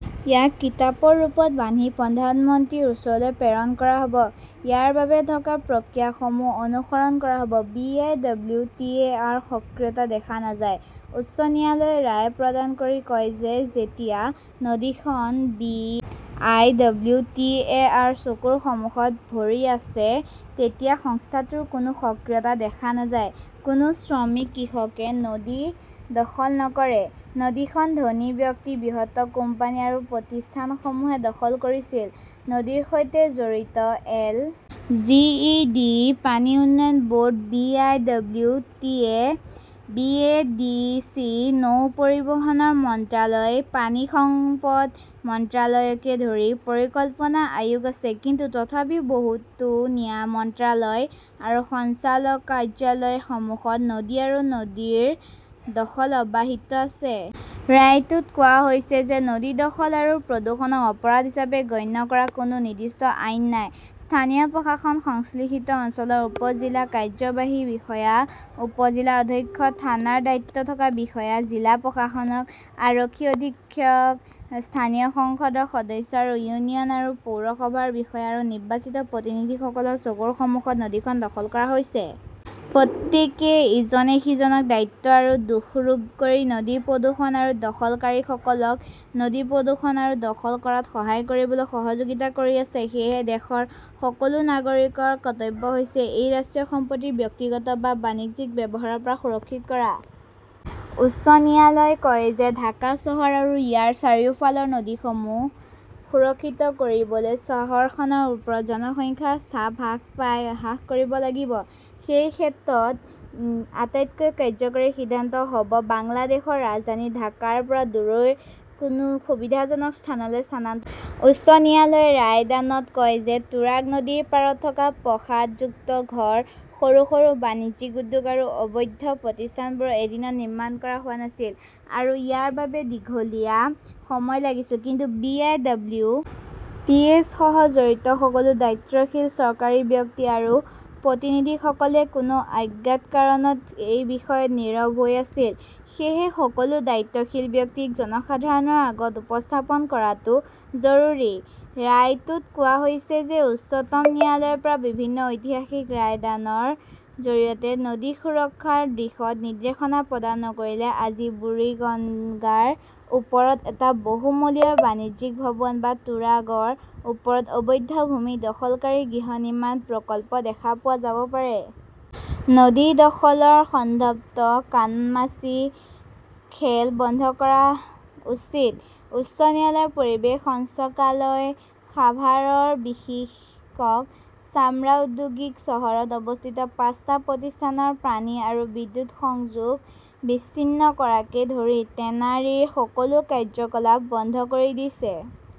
ইয়াক কিতাপৰ ৰূপত বান্ধি প্ৰধানমন্ত্ৰীৰ ওচৰলৈ প্ৰেৰণ কৰা হ'ব। ইয়াৰ বাবে থকা প্ৰক্ৰিয়াসমূহ অনুসৰণ কৰা হ'ব। বি. আই. ডব্লিউ. টি. এ.ৰ সক্ৰিয়তা দেখা নাযায়, উচ্চ ন্যায়ালয়ে ৰায় প্ৰদান কৰি কয় যে, যেতিয়া নদীখন বি. আই. ডব্লিউ. টি. এ.ৰ চকুৰ সন্মুখত ভৰি আছে তেতিয়া সংস্থাটোৰ কোনো সক্ৰিয়তা দেখা নাযায়। কোনো শ্ৰমিক, কৃষকে নদী দখল নকৰে। নদীখন ধনী ব্যক্তি, বৃহৎ কোম্পানী আৰু প্ৰতিষ্ঠানসমূহে দখল কৰিছিল। নদীৰ সৈতে জড়িত এল. জি. ই. ডি., পানী উন্নয়ন board, B. I. W. T. A., B. A. D. C., নৌ পৰিবহণ মন্ত্ৰালয়, পানী সম্পদ মন্ত্ৰালয়কে ধৰি পৰিকল্পনা আয়োগ আছে। কিন্তু তথাপিও বহুতো মন্ত্ৰালয় আৰু সঞ্চালকালয়ৰ সন্মুখত নদী আৰু নদীৰ দখল অব্যাহত আছে। ৰায়টোত কোৱা হৈছে যে, নদী দখল আৰু প্ৰদূষণক অপৰাধ হিচাপে গণ্য কৰা কোনো নিৰ্দিষ্ট আইন নাই। স্থানীয় প্ৰশাসন, সংশ্লিষ্ট অঞ্চলৰ উপ-জিলা কাৰ্যবাহী বিষয়া, উপ-জিলা অধ্যক্ষ, থানাৰ দায়িত্বত থকা বিষয়া, জিলা প্ৰশাসক, আৰক্ষী অধীক্ষক, স্থানীয় সংসদ সদস্য আৰু ইউনিয়ন আৰু পৌৰসভাৰ বিষয়া আৰু নিৰ্বাচিত প্ৰতিনিধিসকলৰ চকুৰ সন্মুখত নদীখন দখল কৰা হৈছে। প্ৰত্যেকেই ইজনে সিজনক দায়িত্ব আৰু দোষাৰোপ কৰি নদী প্ৰদূষণ আৰু দখলকাৰীসকলক নদী প্ৰদূষণ আৰু দখল কৰাত সহায় কৰিবলৈ সহযোগিতা কৰি আছে। সেয়েহে, দেশৰ সকলো নাগৰিকৰ কৰ্তব্য হৈছে এই ৰাষ্ট্ৰীয় সম্পত্তি ব্যক্তিগত বা বাণিজ্যিক ব্যৱহাৰৰ পৰা সুৰক্ষিত কৰা। উচ্চ ন্যায়ালয়ে কয় যে, ঢাকা চহৰ আৰু ইয়াৰ চাৰিওফালৰ নদীসমূহ সুৰক্ষিত কৰিবলৈ চহৰখনৰ ওপৰত জনসংখ্যাৰ চাপ হ্ৰাস কৰিব লাগিব। সেই ক্ষেত্ৰত আটাইতকৈ কাৰ্যকৰী সিদ্ধান্ত হ'ব বাংলাদেশৰ ৰাজধানী ঢাকাৰ পৰা দূৰৈৰ কোনো সুবিধাজনক স্থানলৈ স্থানান্তৰ কৰা। উচ্চ ন্যায়ালয়ে ৰায়দানত কয় যে, তুৰাগ নদীৰ পাৰত থকা প্ৰাসাদযুক্ত ঘৰ, সৰু সৰু বাণিজ্যিক উদ্যোগ আৰু অবৈধ প্ৰতিষ্ঠানবোৰ এদিনত নিৰ্মাণ কৰা হোৱা নাছিল আৰু ইয়াৰ বাবে দীঘলীয়া সময় লাগিছিল। কিন্তু B. I. W. T. S. সহ জড়িত সকলো দায়িত্বশীল চৰকাৰী ব্যক্তি আৰু প্ৰতিনিধিসকলে কোনো অজ্ঞাত কাৰণত এই বিষয়ত নীৰৱ হৈ আছিল। সেয়েহে সকলো দায়িত্বশীল ব্যক্তিক জনসাধাৰণৰ আগত উপস্থাপন কৰাটো জৰুৰী। ৰায়টোত কোৱা হৈছে যে, উচ্চতম ন্যায়ালয়ৰ পৰা বিভিন্ন ঐতিহাসিক ৰায়দানৰ জৰিয়তে নদী সুৰক্ষাৰ দিশত নিৰ্দেশনা প্ৰদান নকৰিলে আজি বুৰিগঙ্গাৰ ওপৰত এটা বহুমহলীয়া বাণিজ্যিক ভৱন বা তুৰাগৰ ওপৰত অবৈধ ভূমি দখলকাৰীৰ গৃহ নিৰ্মাণ প্ৰকল্প দেখা পোৱা যাব পাৰে। নদী দখলৰ সন্দৰ্ভত কানামাচি খেল বন্ধ কৰা উচিতঃ উচ্চ ন্যায়ালয় পৰিৱেশ সঞ্চালকালয়ই সাভাৰৰ বিসিক চামৰা ঔদ্যোগিক চহৰত অৱস্থিত পাঁচটা প্ৰতিষ্ঠানৰ পানী আৰু বিদ্যুৎ সংযোগ বিচ্ছিন্ন কৰাকে ধৰি টেনাৰীৰ সকলো কাৰ্যকলাপ বন্ধ কৰি দিছে।